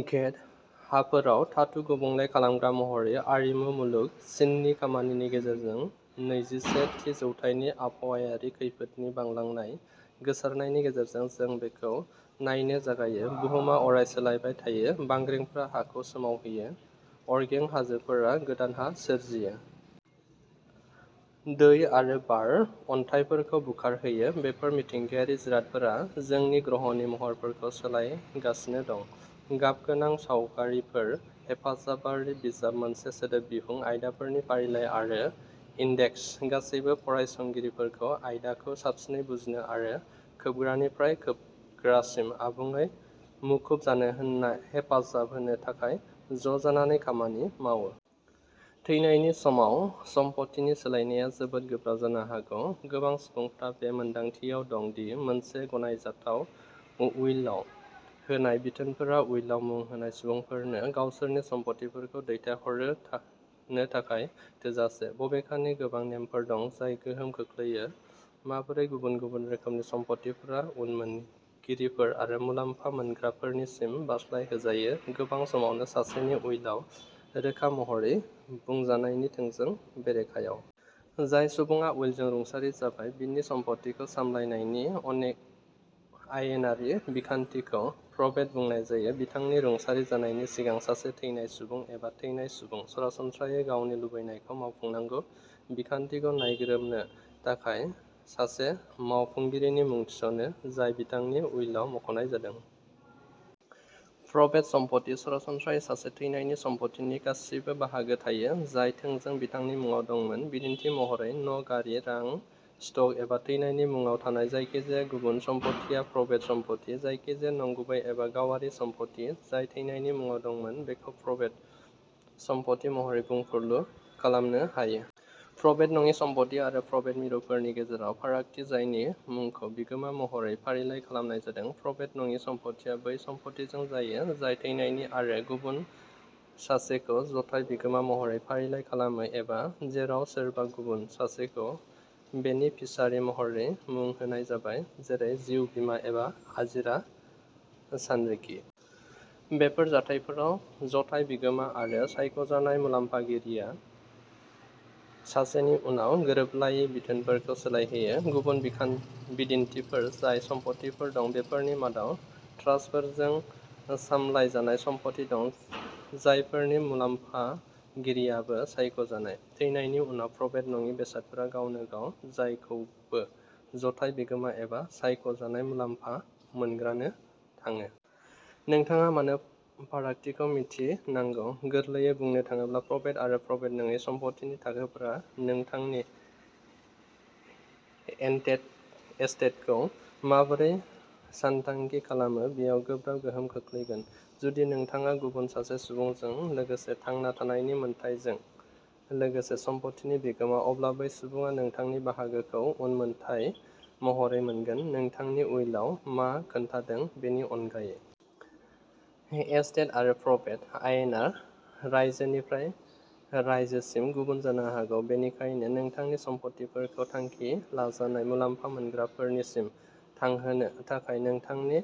घेट हाफोराव धातु गुबुंले खालामग्रा महरै आरिमु मुलुग। चिननि खामानिनि गेजेरजों, नैजिसे थि जौथाइनि आबहावायारि खैफोदनि बांलांनाय गोसारनायनि गेजेरजों, जों बेखौ नायनो जागायो। बुहुमआ अराय सोलायबाय थायो। बांग्रिफोरा हाखौ सोमावहोयो। अरगें हाजोफोरा गोदान हा सोरजियो। दै आरो बार अन्थाइफोरखौ खुरखाहोयो। बेफोर मिथिंगायारि जिरादफोरा जोंनि ग्रहनि महरफोरखौ सोलायगासिनो दं। गाबगोनां सावगारिफोर, हेफाजाबारि बिजाब, मोनसे सोदोब बिहुं, आयदाफोरनि फारिलाइ आरो इन्डेक्स गासैबो फरायसंगिरिफोरखौ आयदाखौ साबसिनै बुजिनो आरो खोबग्रानिफ्राय खोबग्रासिम आबुङै मुखुब जानो होन्ना हेफाजाब होनो थाखाय ज' जानानै खामानि मावो। थैनायनि समाव सम्पथिनि सोलायनाया जोबोद गोब्राब जानो हागौ। गोबां सुबुंफोरा बे मोनदांथियाव दं दि मोनसे गनायजाथाव उइलआव होनाय बिथोनफोरा उइलआव मुं होनाय सुबुंफोरनो गावसोरनि सम्पथिफोरखौ दैथायहरनो थाखाय थोजासे। बबेखानि, गोबां नेमफोर दं जाय गोहोम खोख्लैयो माबोरै गुबुन-गुबुन रोखोमनि सम्पथिफोरा उनमोनगिरिफोर आरो मुलाम्फा मोनग्राफोरनिसिम बारस्लायहोजायो, गोबां समावनो सासेनि उइलआव रोखा महरै बुंजानायनि थोंजों बेरेखायाव। जाय सुबुङा उइलजों रुंसारि जाबाय, बिनि सम्फथिखौ सामलायनायनि आयेनारि बिखान्थिखौ प्रबेट बुंनाय जायो। बिथांनि रुंसारि जानायनि सिगां, सासे थैनाय सुबुं एबा थैनाय सुबुं, सरासनस्रायै गावनि लुबैनायखौ मावफुंनांगौ बिखान्थिखौ नायग्रोमनो थाखाय सासे मावफुंगिरिनि मुं थिसनो, जाय बिथांनि उइलआव मख'नाय जादों। प्रबेट सम्पथि, सरासनस्रायै सासे थैनायनि सम्पथिनि गासिबो बाहागो थायो जाय थोंजों बिथांनि मुङाव दंमोन। बिदिन्थि महरै, न', गारि, रां, स्टक एबा थैनायनि मुंआव थानाय जायखिजाया गुबुन सम्फथिया प्रबेट सम्पथि। जायखिजाया नंगुबै एबा गावारि सम्पथि जाय थैनायनि मुंआव दंमोन, बेखौ प्रबेट सम्पथि महरै बुंफुरलु खालामनो हायो। प्रबेट नङि सम्पथि आरो प्रबेट मिरुफोरनि गेजेराव फारागथि जायनि मुंखौ बिगोमा महरै फारिलाइ खालामनाय जादों। प्रबेट नङि सम्पथिआ बै सम्पथिजों जायो जाय थैनायनि आरो गुबुन सासेखौ जथाय बिगोमा महरै फारिलाइ खालामो एबा जेराव सोरबा गुबुन सासेखौ बेनिफिसारि महरै मुं होनाय जाबाय, जेरै जिउ बीमा एबा आजिरा सानरिखि। बेफोर जाथायफोराव, जथाय बिगोमा आरो सायख'जानाय मुलाम्फागिरिया सासेनि उनाव गोरोबलायै बिथोनफोरखौ सोलायहोयो। गुबुन बिखान बिदिन्थिफोर जाय सम्फथिफोर दं, बेफोरनि मादाव ट्रास्टफोरजों सामलायजानाय सम्फथि दं, जायफोरनि मुलाम्फागिरियाबो सायख'जानाय। थैनायनि उनाव, प्रबेट नङि बेसादफोरा गावनो गाव जायखौबो जथाय बिगोमा एबा सायख' जानाय मुलाम्फा मोनग्रानो थाङो। नोंथाङा मानो फारागथिखौ मिथिनांगौ? गोरलैयै बुंनो थाङोब्ला, प्रबेट आरो प्रबेट नङै सम्पथिनि थाखोफोरा नोंथांनि एन्टेट एस्टेटखौ माबोरै सानथांखि खालामो बेयाव गोब्राब गोहोम खोख्लैगोन। जुदि नोंथाङा गुबुन सासे सुबुंजों लोगोसे थांना थानायनि मोन्थाइजों लोगोसे सम्पथिनि बिगोमा, अब्ला बै सुबुङा नोंथांनि बाहागोखौ उनमोनथाइ महरै मोनगोन, नोंथांनि उइलआव मा खोन्थादों बेनि अनगायै। एस्टेट आरो प्रबेट आयेना रायजोनिफ्राय रायजोसिम गुबुन जानो हागौ, बेनिखायनो नोंथांनि सम्पथिफोरखौ थांखि लाजानाय मुलाम्फा मोनग्राफोरनिसिम थांहोनो थाखाय नोंथांनि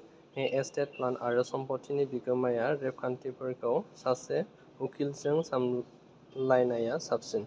एस्टेट प्लान आरो सम्पथिनि बिगोमा रेबगान्थिफोरखौ सासे उखिलजों सामलायनाया साबसिन।